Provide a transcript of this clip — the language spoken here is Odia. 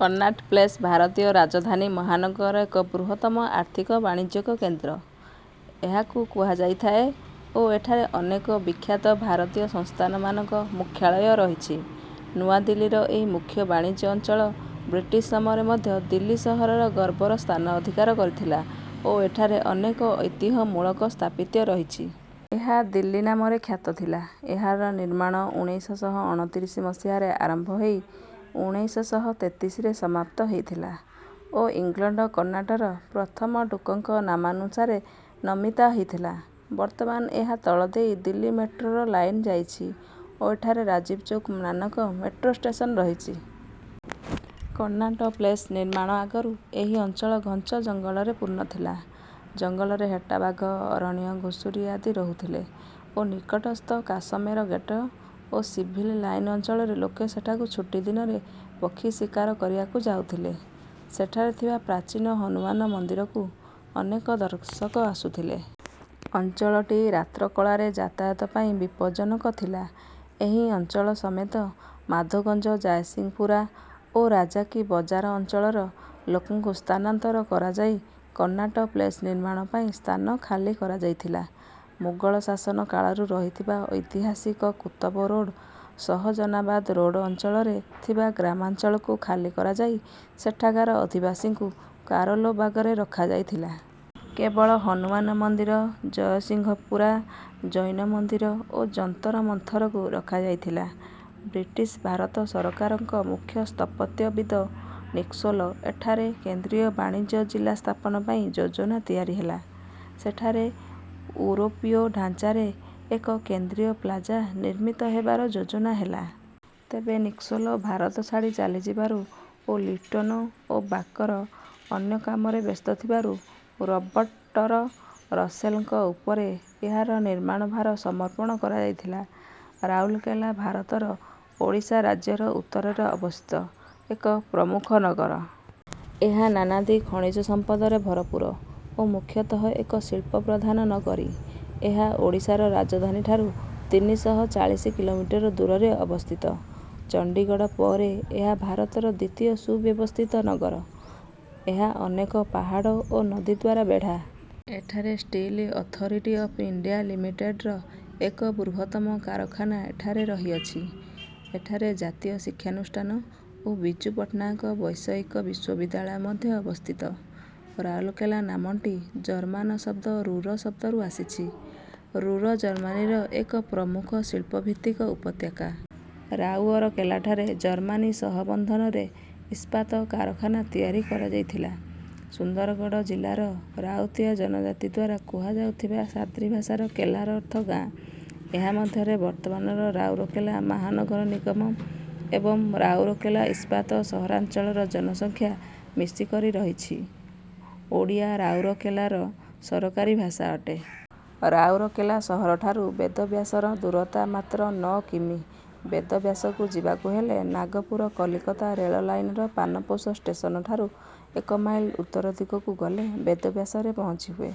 କନ୍ନାଟ ପ୍ଲେସ ଭାରତୀୟ ରାଜଧାନୀ ମହାନଗରର ଏକ ବୃହତ୍ତମ ଆର୍ଥିକ ବାଣିଜ୍ୟିକ କେନ୍ଦ୍ର। ଏହାକୁ କୁହାଯାଇଥାଏ ଓ ଏଠାରେ ଅନେକ ବିଖ୍ୟାତ ଭାରତୀୟ ସଂସ୍ଥାନ ମାନଙ୍କ ମୁଖ୍ୟାଳୟ ରହିଛି। ନୂଆ ଦିଲ୍ଲୀର ଏହି ମୁଖ୍ୟ ବାଣିଜ୍ୟ ଅଞ୍ଚଳ ବ୍ରିଟିଶ ସମୟରେ ମଧ୍ୟ ଦିଲ୍ଲୀ ସହରର ଗର୍ବର ସ୍ଥାନ ଅଧିକାର କରିଥିଲା ଓ ଏଠାରେ ଅନେକ ଐତିହ ମୂଳକ ସ୍ଥାପତ୍ୟ ରହିଛି। ଏହା ଦିଲ୍ଲୀ ନାମରେ ଖ୍ୟାତ ଥିଲା। ଏହାର ନିର୍ମାଣ ଉଣେଇଶ ଶହ ଅଣତିରିଶ ମସିହାରେ ଆରମ୍ଭ ହେଇ ଉଣେଇଶ ଶହ ତେତିଶରେ ସମାପ୍ତ ହେଇଥିଲା ଓ ଇଂଲଣ୍ଡ କନ୍ନାଟର ପ୍ରଥମ ଡୂକଙ୍କ ନାମାନୁସାରେ ନମିତା ହେଇଥିଲା। ବର୍ତମାନ ଏହା ତଳ ଦେଇ ଦିଲ୍ଲୀ ମେଟ୍ରୋର ଲାଇନ ଯାଇଛି ଓ ଏଠାରେ ରାଜୀବ ଚୌକ ମ୍ନାମକ ମେଟ୍ରୋ ଷ୍ଟେସନ ରହିଛି। କନ୍ନାଟ ପ୍ଲେସ ନିର୍ମାଣ ଆଗରୁ ଏହି ଅଞ୍ଚଳ ଘଞ୍ଚ ଜଙ୍ଗଲରେ ପୂର୍ଣ ଥିଲା। ଜଙ୍ଗଲରେ ହେଟାବାଘ ଅରଣ୍ୟ ଘୁଷୁରି ଆଦି ରହୁଥିଲେ ଓ ନିକଟସ୍ଥ କାଶମେର ଗେଟ ଓ ସିଭିଲ ଲାଇନ ଅଞ୍ଚଳର ଲୋକେ ସେଠାକୁ ଛୁଟି ଦିନରେ ପକ୍ଷୀ ଶିକାର କରିବାକୁ ଯାଉଥିଲେ। ସେଠାରେ ଥିବା ପ୍ରାଚୀନ ହନୁମାନ ମଦିରକୁ ଅନେକ ଦର୍ଶକ ଆସୁଥିଲେ। ଅଞ୍ଚଳଟି ରାତ୍ର କଳାରେ ଯାତାୟାତ ପାଇଁ ବିପଦଜନକ ଥିଲା। ଏହି ଅଞ୍ଚଳ ସମେତ ମାଧୋଗଞ୍ଜ ଜାୟସିଙ୍ଗ ପୁରା ଓ ରାଜା କି ବଜାର ଅଞ୍ଚଳର ଲୋକଙ୍କୁ ସ୍ଥାନାନ୍ତର କରାଯାଇ କନ୍ନାଟ ପ୍ଲେସ ନିର୍ମାଣ ପାଇଁ ସ୍ଥାନ ଖାଲି କରାଯାଇଥିଲା। ମୁଗଳ ଶାସନ କାଳରୁ ରହିଥିବା ଏଇତିହାସିକ କୁତବ ରୋଡ ସହଜନାବାଦ ରୋଡ ଅଞ୍ଚଳରେ ଥିବା ଗ୍ରାମାଞ୍ଚଳକୁ ଖାଲି କରାଯାଇ ସେଠାକାର ଅଧିବାଶିଙ୍କୁ କାରୋଲ ବାଗରେ ରଖାଯାଇଥିଲା। କେବଳ ହନୁମାନ ମନ୍ଦିର ଜୟସିଙ୍ଘ ପୁରା ଜୈନ ମନ୍ଦିର ଓ ଯନ୍ତର ମନ୍ଥରକୁ ରଖାଯାଇଥିଲା। ବ୍ରିଟିଶ ଭାରତ ସରକାର ଙ୍କ ମୁଖ୍ୟ ସ୍ଥପତ୍ୟ ବିଦ ନିକୋଲ୍ସ ଏଠାରେ କେନ୍ଦ୍ରୀୟ ବାଣିଜ୍ୟ ଜିଲ୍ଲା ସ୍ଥାପନ ପାଇଁ ଯୋଜନା ତିଆରି ହେଲା। ସେଠାରେ ଉରୋପୀୟ ଢାଞ୍ଚାରେ ଏକ କେନ୍ଦ୍ରୀୟ ପ୍ଲାଜା ନିର୍ମିତ ହେବାର ଯୋଜନା ହେଲା। ତେବେ ନିକୋଲ୍ସ ଭାରତ ଛାଡି ଚାଲି ଯିବାରୁ ଓ ଲୁଟ୍ୟେନ ଓ ବାକର ଅନ୍ୟ କାମରେ ବ୍ୟସ୍ତ ଥିବାରୁ ରବର୍ଟ ଟର ରସେଲ ଙ୍କ ଉପରେ ଏହାର ନିର୍ମାଣ ଭାର ସମର୍ପଣ କରାଯାଇଥିଲା। ରାଉରକେଲା ଭାରତର ଓଡ଼ିଶା ରାଜ୍ୟର ଉତ୍ତରରେ ଅବସ୍ଥିତ ଏକ ପ୍ରମୁଖ ନଗର। ଏହା ନାନାଦି ଖଣିଜ ସମ୍ପଦରେ ଭରପୁର ଓ ମୁଖ୍ୟତଃ ଏକ ଶିଳ୍ପ ପ୍ରଧାନ ନଗରୀ। ଏହା ଓଡ଼ିଶାର ରାଜଧାନୀ ଠାରୁ ତିନିଶହ ଚାଳିଶ କିଲୋମିଟର ଦୂରରେ ଅବସ୍ଥିତ। ଚଣ୍ଡୀଗଡ଼ ପରେ ଏହା ଭାରତର ଦ୍ୱିତୀୟ ସୁବ୍ୟବସ୍ଥିତ ନଗର। ଏହା ଅନେକ ପାହାଡ଼ ଓ ନଦୀଦ୍ୱାରା ବେଢା। ଏଠାରେ ଷ୍ଟିଲ ଅଥରିଟି ଅଫ ଇଣ୍ଡିଆ ଲିମିଟେଡ଼ର ଏକ ବୃହତ୍ତମ କାରଖାନା ଏଠାରେ ରହିଅଛି। ଏଠାରେ ଜାତୀୟ ଶିକ୍ଷାନୁଷ୍ଠାନ ଓ ବିଜୁ ପଟ୍ଟନାୟକ ବୈଷୟିକ ବିଶ୍ୱବିଦ୍ୟାଳୟ ମଧ୍ୟ ଅବସ୍ଥିତ। ରାଉରକେଲା ନାମଟି ଜର୍ମାନ ଶବ୍ଦ ରୁର ଶବ୍ଦରୁ ଆସିଛି। ରୁର ଜର୍ମାନୀର ଏକ ପ୍ରମୁଖ ଶିଳ୍ପ ଭିତ୍ତିକ ଉପତ୍ୟାକା। ରାଉଅରକେଲାଠାରେ ଜର୍ମାନୀ ସହବନ୍ଧନରେ ଇସ୍ପାତ କାରଖାନା ତିଆରି କରାଯାଇଥିଲା। ସୁନ୍ଦରଗଡ଼ ଜିଲାର ରାଉତିଆ ଜନଜାତିଦ୍ୱାରା କୁହାଯାଉଥିବା ସାଦ୍ରି ଭାଷାରେ କେଲାର ଅର୍ଥ ଗାଆଁ । ଏହା ମଧ୍ୟରେ ବର୍ତ୍ତମାନର ରାଉରକେଲା ମାହନଗର ନିଗମ ଏବଂ ରାଉରକେଲା ଇସ୍ପାତ ସହରାଞ୍ଚଳର ଜନସଂଖ୍ୟା ମିଶିକରି ରହିଛି। ଓଡ଼ିଆ ରାଉରକେଲାର ସରକାରୀ ଭାଷା ଅଟେ। ରାଉରକେଲା ସହର ଠାରୁ ବେଦବ୍ୟାସର ଦୂରତା ମାତ୍ର ନଅ କି. ମି. ବେଦବ୍ୟାସକୁ ଯିବାକୁ ହେଲେ ନାଗପୁର କଲିକତା ରେଳ ଲାଇନର ପାନପୋଷ ଷ୍ଟେସନଠାରୁ ଏକ ମାଇଲ ଉତ୍ତର ଦିଗକୁ ଗଲେ ବେଦବ୍ୟାସରେ ପହଞ୍ଚି ହୁଏ।